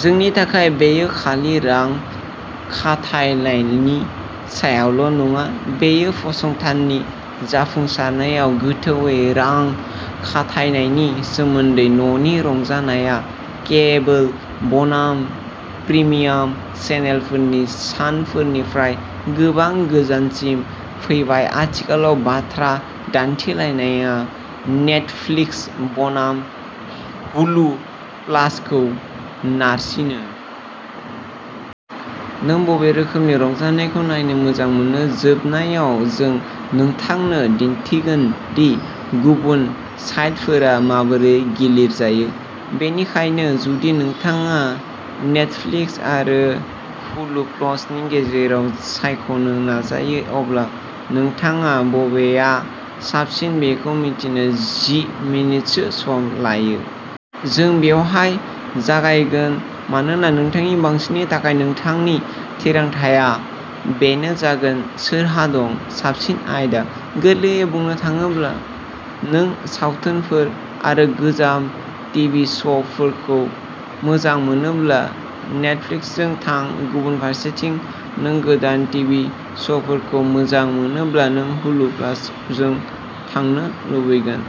जोंनि थाखाय बेयो खालि रां खाथायनायनि सायावल' नङा। बेयो फसंथाननि जाफुंसारनायाव गोथौवै रां खाथायनायनि सोमोन्दै न'नि रंजानायआ केबोल बनाम प्रिमियाम चेनेलफोरनि सानफोरनिफ्राय गोबां गोजानसिम फैबाय। आथिखालाव बाथ्रा दान्थेलायनाया नेटफ्लिक्स बनाम हुलु प्लासखौ नारसिनो। नों बबे रोखोमनि रंजानायखौ नायनो मोजां मोनो? जोबनायाव जों नोंथांनो दिन्थिगोन दि गुबुन साइटफोरा माबोरै गिलिर जायो। बेनिखायनो जुदि नोंथाङा नेटफ्लिक्स आरो हुलु प्लसनि गेजेराव सायख'नो नाजायो अब्ला नोंथाङा बबेआ साबसिन बेखौ मिथिनो जि मिनिटसो सम लायो। जों बेवहाय जागायगोन मानोना नोंथांनि बांसिननि थाखाय नोंथांनि थिरांथाआ बेनो जागोन सोरहा दं? साबसिन आयदा? गोरलैयै बुंनो थाङोब्ला नों सावथुनफोर आरो गोजाम टिभि श'फोरखौ मोजां मोनोब्ला नेटफ्लिक्सजों थां। गुबुन फारसेथिं नों गोदान टिभि श'फोरखौ मोजां मोनोब्ला नों हुलु प्लासजों थांनो लुबैगोन।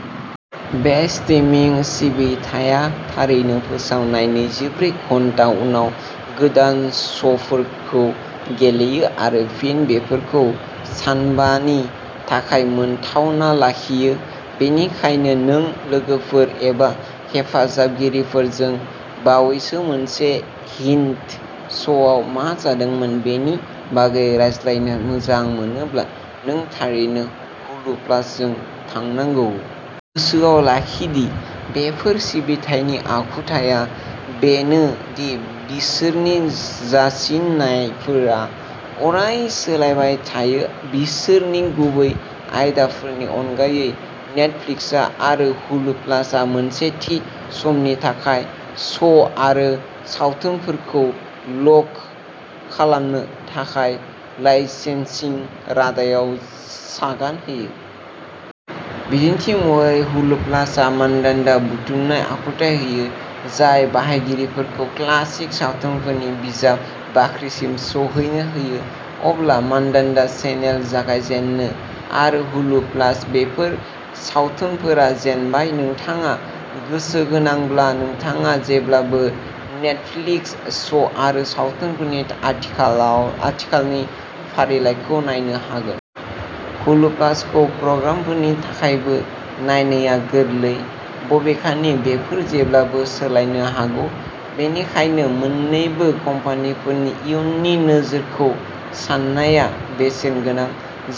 बे स्ट्रिमिं सिबिथाया थारैनो फोसावनाय नैजिब्रै घन्टा उनाव गोदान श'फोरखौ गेलेयो आरो फिन बेफोरखौ सानबानि थाखाय मोनथावना लाखियो। बेनिखायनो नों लोगोफोर एबा हेफाजाबगिरिफोरजों बावैसो मोनसे हिन्ट श'आव मा जादोंमोन बेनि बागै रायज्लायनो मोजां मोनोब्ला नों थारैनो हुलु प्लासजों थांनांगौ। गोसोआव लाखि दि बेफोर सिबिथायनि आखुथाया बेनो दि बिसोरनि जासिनायफोरा अराय सोलायबाय थायो। बिसोरनि गुबै आयदाफोरनि अनगायै नेटफ्लिक्स आरो हुलु प्लासआ मोनसे थि समनि थाखाय श'आरो सावथुनफोरखौ लक खालामनो थाखाय लाइसेन्सिं रादायाव सागान होयो। बिदिन्थि महरै हुलु प्लासआ मानदान्दा बुथुमनाय आखुथाय होयो। जाय बाहायगिरिफोरखौ क्लासिक सावथुनफोरनि बिजाब बाख्रिसिम सौहैनो होयो। अब्ला मानदान्दा चेनेल जागायजेननो आरो हुलु प्लास। बेफोर सावथुनफोरा जेनबाय। नोंथाङा गोसोगोनांब्ला नोंथाङा जेब्लाबो नेटफ्लिक्स श'आरो सावथुनफोरनि आथिखालाव आथिखालनि फारिलाइखौ नायनो हागोन। हुलु प्लासखौ प्रग्रामफोरनि थाखायबो नायनाया गोरलै। बबेखानि बेफोर जेब्लाबो सोलायनो हागौ। बेनिखायनो मोननैबो कम्पानिफोरनि इयुननि नोजोरखौ साननाया बेसेनगोनां।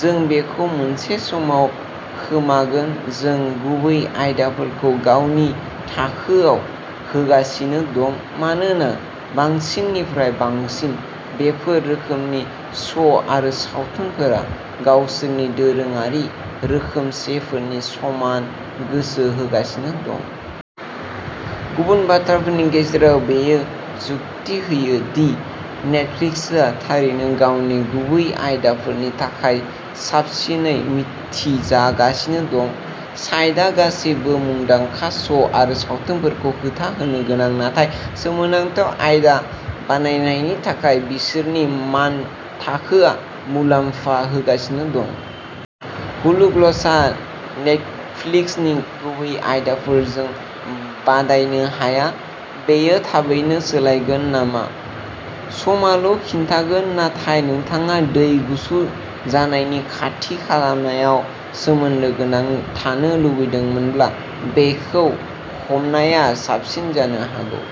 जों बेखौ मोनसे समाव खोमागोन। जों गुबै आयदाफोरखौ गावनि थाखोयाव होगासिनो दं मानोना बांसिननिफ्राय बांसिन बेफोर रोखोमनि श' आरो सावथुनफोरा गावसोरनि दोरोङारि रोखोमसेफोरनि समान गोसो होगासिनो दं। गुबुन बाथ्राफोरनि गेजेराव बेयो जुक्ति होयो दि नेटफ्लिक्सआ थारैनो गावनि गुबै आयदाफोरनि थाखाय साबसिनै मिथिजागासिनो दं। साइटआ गासिबो मुंदांखा श' आरो सावथुनफोरखौ खोथा होनो गोनां नाथाय सोमोनांथाव आयदा बानायनायनि थाखाय बिसोरनि मानथाखोआ मुलाम्फा होगासिनो दं। हुलु प्लसआ नेटफ्लिक्सनि गुबै आयदाफोरजों बादायनो हाया। बेयो थाबैनो सोलायगोन नामा? समाल' खिन्थागोन। नाथाय नोंथाङा दै गुसु जानायनि खाथि खालानायाव सोमोन्दो गोनां थानो लुबैदोंमोनब्ला बेखौ हमनाया साबसिन जानो हागौ।